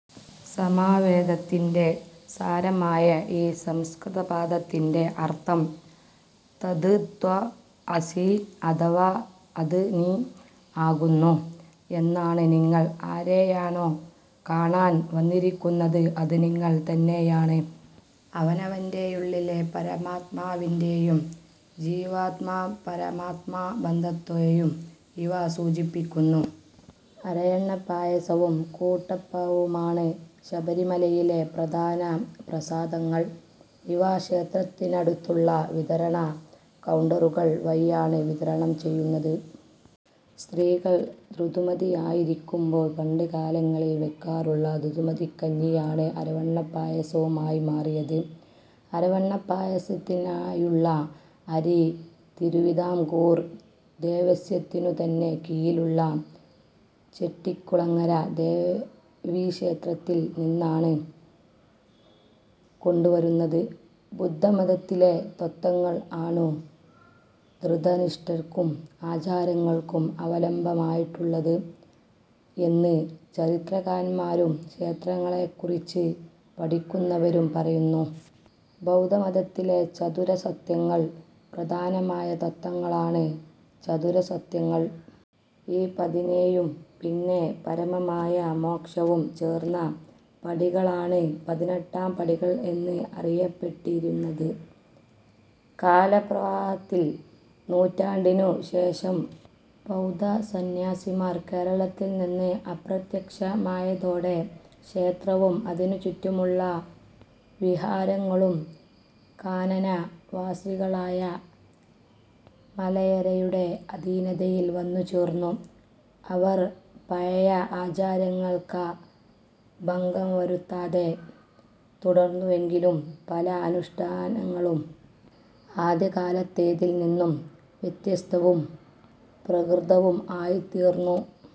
സാമവേദത്തിന്റെ സാരമായ ഈ സംസ്കൃതപദത്തിന്റെ അർഥം 'തത്-ത്വം-അസി' അഥവാ 'അത് നീ ആകുന്നു' എന്നാണ്. നിങ്ങൾ ആരെയാണോ കാണാൻ വന്നിരിക്കുന്നത് അത് നിങ്ങൾ തന്നെയാണ്. അവനവന്റെയുള്ളിലെ പരമാത്മാവിനെയും ജീവാത്മാ-പരമാത്മാ ബന്ധത്തേയും ഇവ സൂചിപ്പിക്കുന്നു. അരവണപ്പായസവും കൂട്ടപ്പവുമാണ് ശബരിമലയിലെ പ്രധാന പ്രസാദങ്ങൾ. ഇവ ക്ഷേത്രത്തിനടുത്തുള്ള വിതരണ കൗണ്ടറുകൾ വഴിയാണ് വിതരണം ചെയ്യുന്നത്. സ്ത്രീകൾ ഋതുമതിയാകുമ്പോൾ പണ്ട് കാലങ്ങളിൽ വയ്ക്കാറൂള്ള ഋതുമതികഞ്ഞിയാണ് അരവണപ്പായസമായി മാറിയത്. അരവണപ്പായസത്തിനായുള്ള അരി തിരുവിതാംകൂർ ദേവസ്വത്തിനു തന്നെ കീഴിലുള്ള ചെട്ടികുളങ്ങര ദേവീക്ഷേത്രത്തിൽ നിന്നുമാണ് കൊണ്ടുവരുന്നത്. ബുദ്ധമതത്തിലെ തത്ത്വങ്ങൾ ആണു വൃതനിഷ്ഠക്കും ആചാരങ്ങളും അവലംബമായിട്ടുള്ളത് എന്ന് ചരിത്രകാരന്മാരും ക്ഷേത്രങ്ങളെക്കുറിച്ച് പഠിക്കുന്നവരും പറയുന്നു. ബൗദ്ധ മതത്തിലെ ചതുര സത്യങ്ങൾ പ്രധാനമായ തത്ത്വങ്ങളാണ് ചതുര സത്യങ്ങൾ. ഈ പതിനേഴും പിന്നെ പരമമായ മോക്ഷവും ചേർന്ന പടികളാണ് പതിനെട്ടാം പടികൾ എന്ന് അറിയപ്പെട്ടിരുന്നത്. കാലപ്രവാഹത്തിൽ നൂറ്റാണ്ടിനു ശേഷം ബൗദ്ധസന്യാസിമാർ കേരളത്തിൽ നിന്ന് അപ്രത്യക്ഷമായതോടെ ക്ഷേത്രവും അതിനു ചുറ്റിയുള്ള വിഹാരങ്ങളും കാനന വാസികളായ മലയരയുടെ അധീനതയിൽ വന്നു ചേർന്നു. അവർ പഴയ ആചാരങ്ങൾക്ക ഭംഗവരുത്താതെ തുടർന്നുവെങ്കിലും പല അനുഷ്ഠാനങ്ങളും ആദ്യകാലത്തേതിൽ നിന്നും വ്യത്യസ്തവും പ്രാകൃതവും ആയിത്തീർന്നു.